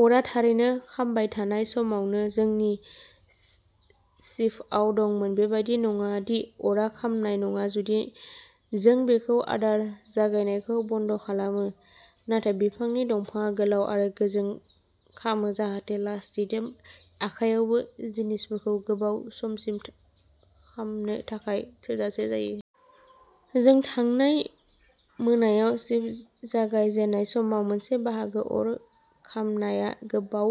अरआ थारैनो खामबाय थानाय समावनो जोंनि शिफ्टआव दंमोन। बेबादि नङादि अरआ खामनाय नङा जुदि जों बेखौ आदार जगायनायखौ बन्द' खालामो। नाथाय बिफांनि दंफांआ गोलाव आरो गोजों खामो जाहाथे लासै दिदोम आखायआबो जिनिसफोरखौ गोबाव समसिम खामनो थाखाय थोजासे जायो। जों थांनाय मोनायाव शिफ्ट जागाय जेननाय समाव मोनसे बाहागो अर खामनाया गोबाव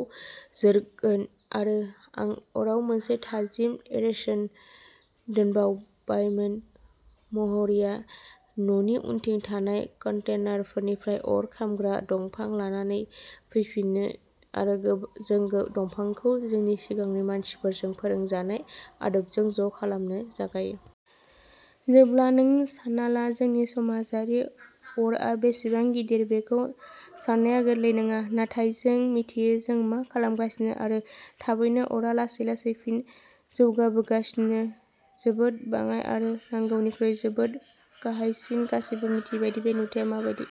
जोरगोन आरो आं अराव मोनसे थाजिम रेशन दोनबायमोन। म'रिआ न'नि उनथिं थानाय कन्टेनारनिफ्राय अर खामग्रा दंफां लानानै फैफिनो आरो जों दंफांखौ जोंनि सिगांनि मानसिफोरजों फोरोंजानाय आदबजों ज' खालामनो जागायो। जेब्ला नों सान्ना ला जोंनि समाजारि अरआ बेसेबां गिदिर बेखौ साननाया गोरलै नङा। नाथाय जों मिथियो जों मा खालामगासिनो आरो थाबैनो अरआ लासै-लासै फिन जौगाबोगासिनो जोबोद बाङाइ आरो नांगौनिख्रुइ जोबोद गाहायसिन। गासैबो मिथियोदि बे नुथाया मा बायदि।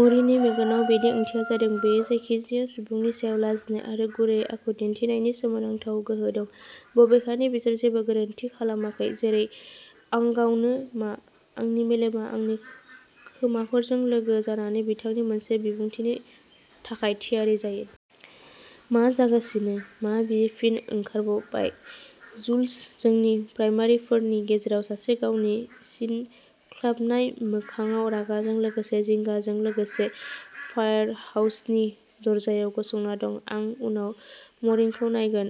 म'रीनि मेगनाव बेनि ओंथिया जादों। बियो जायखिजाया सुबुंनि सायाव लाजिनाय आरो गुरै आखु दिन्थिनायनि सोमोनांथाव गोहो दं बबेखानि बिसोर जेबो गोरोन्थि खालामाखै। जेरै आं गावनो। मा? आंनि मेलेमआ आंनि खोमाफोरजों लोगो जानानै बिथांनि मोनसे बिबुंथिनि थाखाय थियारि जायो। मा जागासिनो? मा बेयो फिन ओंखारबाय? जुल'स जोंनि प्राइमारिफोरनि गेजेराव सासे गावनि सिनख्लाबनाय मोखांआव रागाजों लोगोसे जिंगाजों लोगोसे फायारहाउसनि दरजायाव गसंना दं आरो आं उनाव म'रीखौ नायगोन।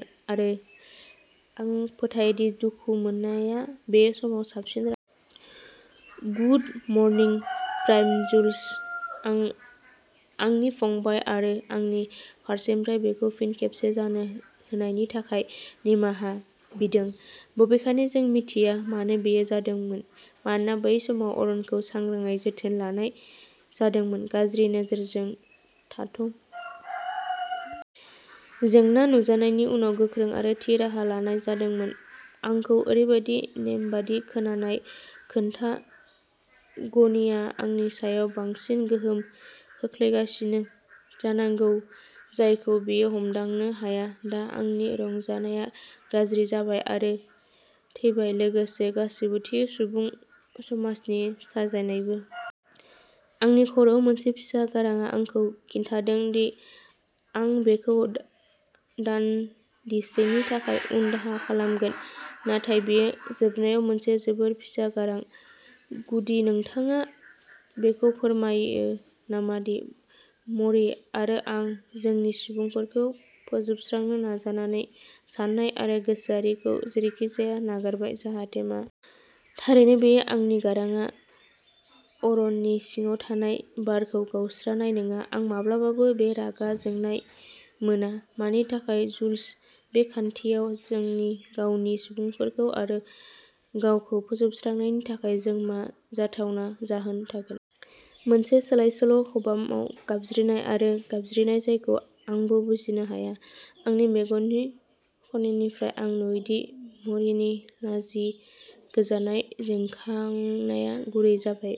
आं फोथायोदि दुखु मोननाया बे समाव साबसिन राहा। गुड मर्निं प्राइम जुल'स। आं आंनि फंबाय आरो आंनि फारसेनिफ्राय बेखौ फिन खेबसे जानो होनायनि थाखाय निमाहा बिदों। बबेखानि जों मिथिया मानो बेयो जादोंमोन मानोना बै समाव अरखौ सांग्राङै जोथोन लानाय जादोंमोन। गाज्रि नोजोरजों थाथ। जेंना नुजानायनि उनाव गोख्रै आरो थि राहा लानाय जादोंमोन। आंखौ ओरैबादि नेमबादि खोनानाय खोनथा। गनिया आंनि सायाव बांसिन गोहोम खोख्लैगासिनो जानांगौ जायखौ बियो हमदांनो हाया। दा आंनि रंजानायआ गाज्रि जाबाय आरो थैबाय लोगोसे गासैबो थि सुबुं समाजनि साजायनायबो। आंनि खर'आव मोनसे फिसा गारांआ आंखौ खिन्थिदोंदि आं बेखौ दा-दानदिसेनि थाखाय उनदाहा खालामगोन नाथाय बेयो जोबनायाव मोनसे जोबोद फिसा गारां। गुदि नोंथाङा बेखौ फोरमायो नामादि मरि आरो आं जोंनि सुबुंफोरखौ फोजोबस्रांनो नाजानानै साननाय आरो गोसोआरिखौ जेरैखिजाया नागारबाय, जाहाथे मा? थारैनो बेयो आंनि गारांआ अर न'नि सिङाव थानाय बारखौ गावस्रानाय नङा। आं माब्लाबाबो बे रागा जोंनाय मोना। मानि थाखाय जुल'स? बे खान्थियाव जोंनि गावनि सुबुंफोरखौ आरो गावखौ फोजोबस्रांनायनि थाखाय जोंहा मा जाथावना जाहोन थागोन? मोनसे सोलायसोल' खबामाव गाबज्रिनाय आरो गाबज्रिनाय जायखौ आंबो बुजिनो हाया। आंनि मेगननि ख'ननिफ्राय आं नुयोदि मरिनि लाजिगोजानाय जोंखांनाया गुरै जाबाय।